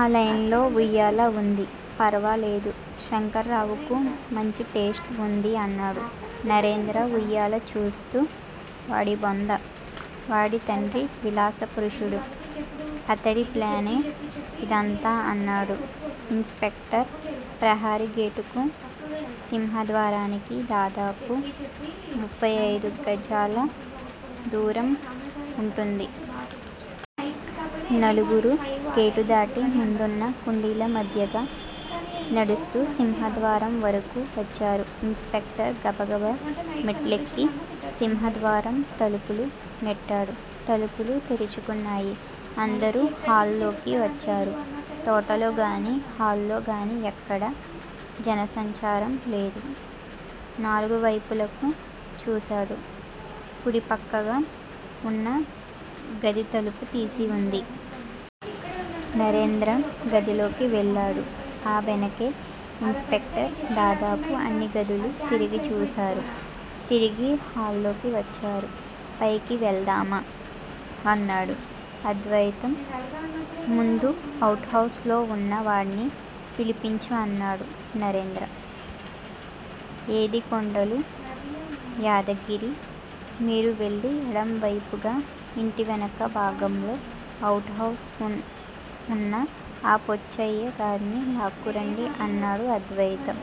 ఆ లాన్ లో ఉయ్యాల ఉంది. ఫర్వాలేదు. శంకర్రావుకు మంచి టేస్టే ఉంది అన్నాడు నరేంద్ర ఉయ్యాల చూస్తూ. వాడి బొంద. వాడి తండ్రి విలాస పురుషుడు. అతడి ప్లానే ఇదంతా అన్నాడు ఇన్స్ స్పెక్టర్. ప్రహరీ గేటుకూ, సింహద్వారానికి దాదాపు ముపై అయిదు గజాల దూరం ఉంటుంది. నలుగురూ గేటు దాటి ముందున్న కుండీల మధ్యగా నడుస్తూ సింహద్వారం వరకూ వచ్చారు. ఇన్స్ స్పెక్టర్ గబగబా మెట్లెక్కి సింహద్వారం తలుపులు నెట్టాడు. తలుపులు తెరుచుకున్నాయి. అందరూ హాల్లోకి వచ్చారు. తోటలో గానీ, హల్లోగానీ ఎక్కడా జనసంచారం లేదు. నాలుగు వైపులకూ చూశాడు. కుడి పక్కగా ఉన్న గది తలుపు తీసి ఉంది. నరేంద్ర గదిలోకి వెళ్ళాడు. ఆ వెనకే ఇన్స్ స్పెక్టర్ దాదాపు అన్ని గదులూ తిరిగి చూశారు. తిరిగి హాల్లోకి వచ్చారు. పైకి వెళ్దామా? అన్నాడు అద్వయితం. ముందు అవుట్ హౌస్ లో ఉన్న వాడ్ని పిలిపించు అన్నాడు నరేంద్ర. ఏది కొండలూ, యాదగిరి మీరు వెళ్ళి ఎడం వైపుగా ఇంటి వెనక భాగంలో అవుట్ హౌస్ ఉన్న ఆ పోచ్చయ్య గాడ్ని లాక్కురండీ అన్నాడు అద్వయితం.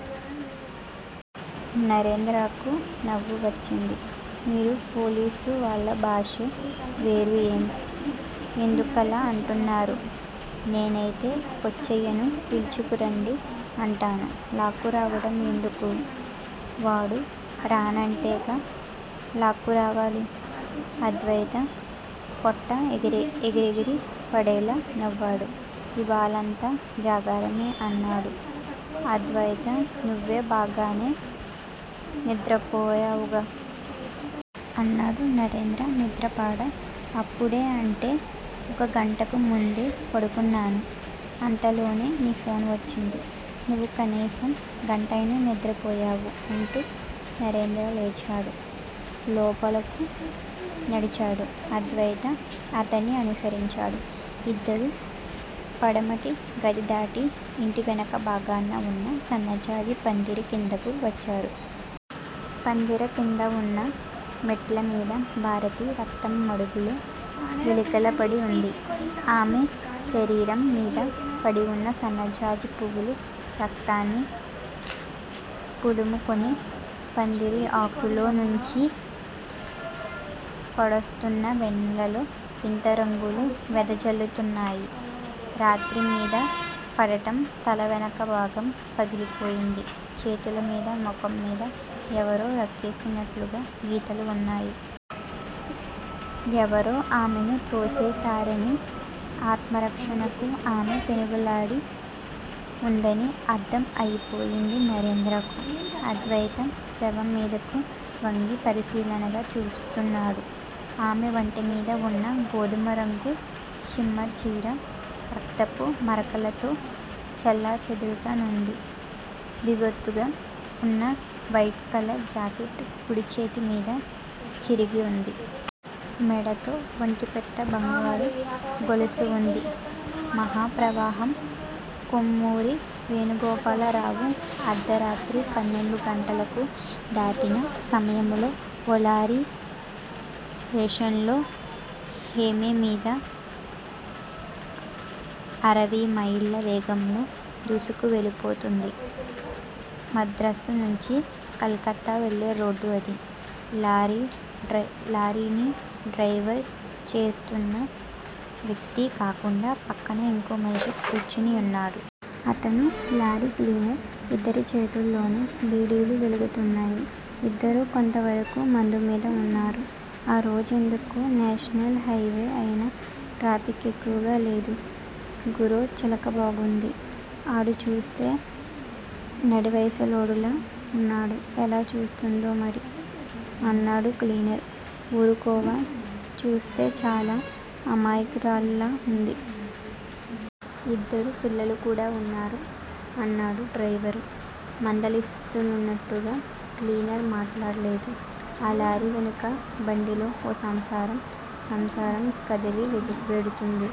నరేంద్రకు నవ్వు వచ్చింది. మీ పోలీసు వాళ్ళ భాషే వేరు ఏం? ఎందుకలా అంటున్నారు? నేనైతే పోచ్చయ్యను పిల్చుకు రండి అంటాను. లాక్కురావడం ఎందుకూ? వాడు రానంటేగా లాక్కురావాలి. అద్వయితం పొట్ట ఎగిరెగిరి పడేలా నవ్వాడు. ఇవ్వాళంతా జాగారమే అన్నాడు అద్వయితం. నువ్వు బాగానే నిద్రపోయావుగా? అన్నాడు నరంద్ర. నిద్రా పాడా? అప్పుడే, అంటే ఓ గంటకు ముందే పడుకున్నాను. అంతలోనే నీ ఫోన్ వచ్చింది. నువ్వు కనీసం గంటయినా నిద్రపోయావు అంటూ నరేంద్ర లేచాడు. లోపలకు నడిచాడు. అద్వయితం అతడ్ని అనుసరించాడు. ఇద్దరూ పడమటి గది దాటి ఇంటి వెనక భాగాన ఉన్న సన్నజాజి పందిరి కిందకు వచ్చారు. పందిరి కింద ఉన్న మెట్లమీద భారతి రక్తం మడుగులో వెల్లికిలా పడి ఉంది. ఆమె శరీరం మీద పడి ఉన్న సన్నజాజిపూలు రక్తాన్ని పులుముకొని, పందిరి ఆకుల్లో నుంచి పడ్తోన్న వెన్నెల్లో వింత రంగుల్ను వెదజల్లుతున్నాయి. రాతిమీద పడటం తల వెనక భాగం పగిలిపోయింది. చేతుల మీదా, ముఖం మీదా ఎవరో రక్కినట్టుగా గీతలు ఉన్నాయి. ఎవరో ఆమెకు తోసేశారనీ, ఆత్మరక్షణకు ఆమె పెనుగులాడి ఉంటుందని అర్థం అయిపోయింది నరేంద్రకు. అద్వయితం శవం మీదకు వంగి పరిశీలనగా చూస్తున్నాడు. ఆమె వంటి మీద ఉన్నా గోధుమరంగు షిపాన్ చీర, రక్తపు మరకలతో చెల్లాచెదరుగా ఉంది. బిగుతుగా ఉన్నావైలెట్ కలర్ జాకెట్ కుడి చేతి మీద చిరిగి ఉంది. మెడతో ఒంటిపేట బంగారు గొలుసు ఉంది. మహాప్రవాహం -కొమ్మూరి వేణుగోపాలరావు అర్థరాత్రి పన్నెండు గంటలు దాటిన సమయంలో ఓ లారీ నేషనల్ హైవేమిద అరవైమైళ్ళ వేగంతో దూసుకుపోతోంది. మద్రాసు నుంచి కలకత్తా వెళ్ళే రోడ్డు అది. లారీనిడ్రైవ్ చేస్తోన్న వ్యక్తి కాకుండా ప్రక్కన ఇంకో మనిషి కూర్చుని ఉన్నాడు. అతను లారీ క్లీనర్. ఇద్దరి చేతుల్లోనూ బీడీలు వెలుగుతున్నాయి ఇద్దరూ కొంతవరకూ మందుమిద ఉన్నారు. ఆ రోజెందుకో నేషనల్ హైవే అయినా ట్రాఫిక్ ఎక్కువగా లేదు. గురో! చిలక బాగుంది. ఆడుచూ స్తే నడివయసోడులా ఉన్నాడు. ఎలా చేసుకుందో మరి. అన్నాడు క్లీనర్. ఊరుకోరా! చూస్తే చాలా అమాయకులాలిలా ఉంది. యిద్దరు పిల్లలుకూడా ఉన్నారు. అన్నాడు డ్రైవరు మందలిస్తూన్నట్లుగా. క్లీనర్ మాట్లాడలేదు. ఆ లారీ వెనుక బాడిలో ఓ సంసారం, సంసారం కదిలివెడుతోంది.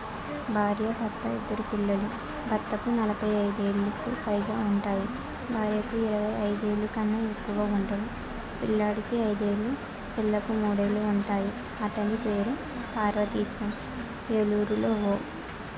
భార్యా, భర్త, ఇద్దరు పిల్లలు. భర్తకు నలభై అయిదేళ్ళకు పైగా వుంటాయి. భార్యకు ఇరవై అయిదుకన్నాఎక్కువ ఉండవు. పిల్లాడికి అయిదేళ్ళు, పిల్లకు మూడేళ్ళు ఉంటాయి. అతని పేరుపార్వతీశం. ఏలూరులో ఓ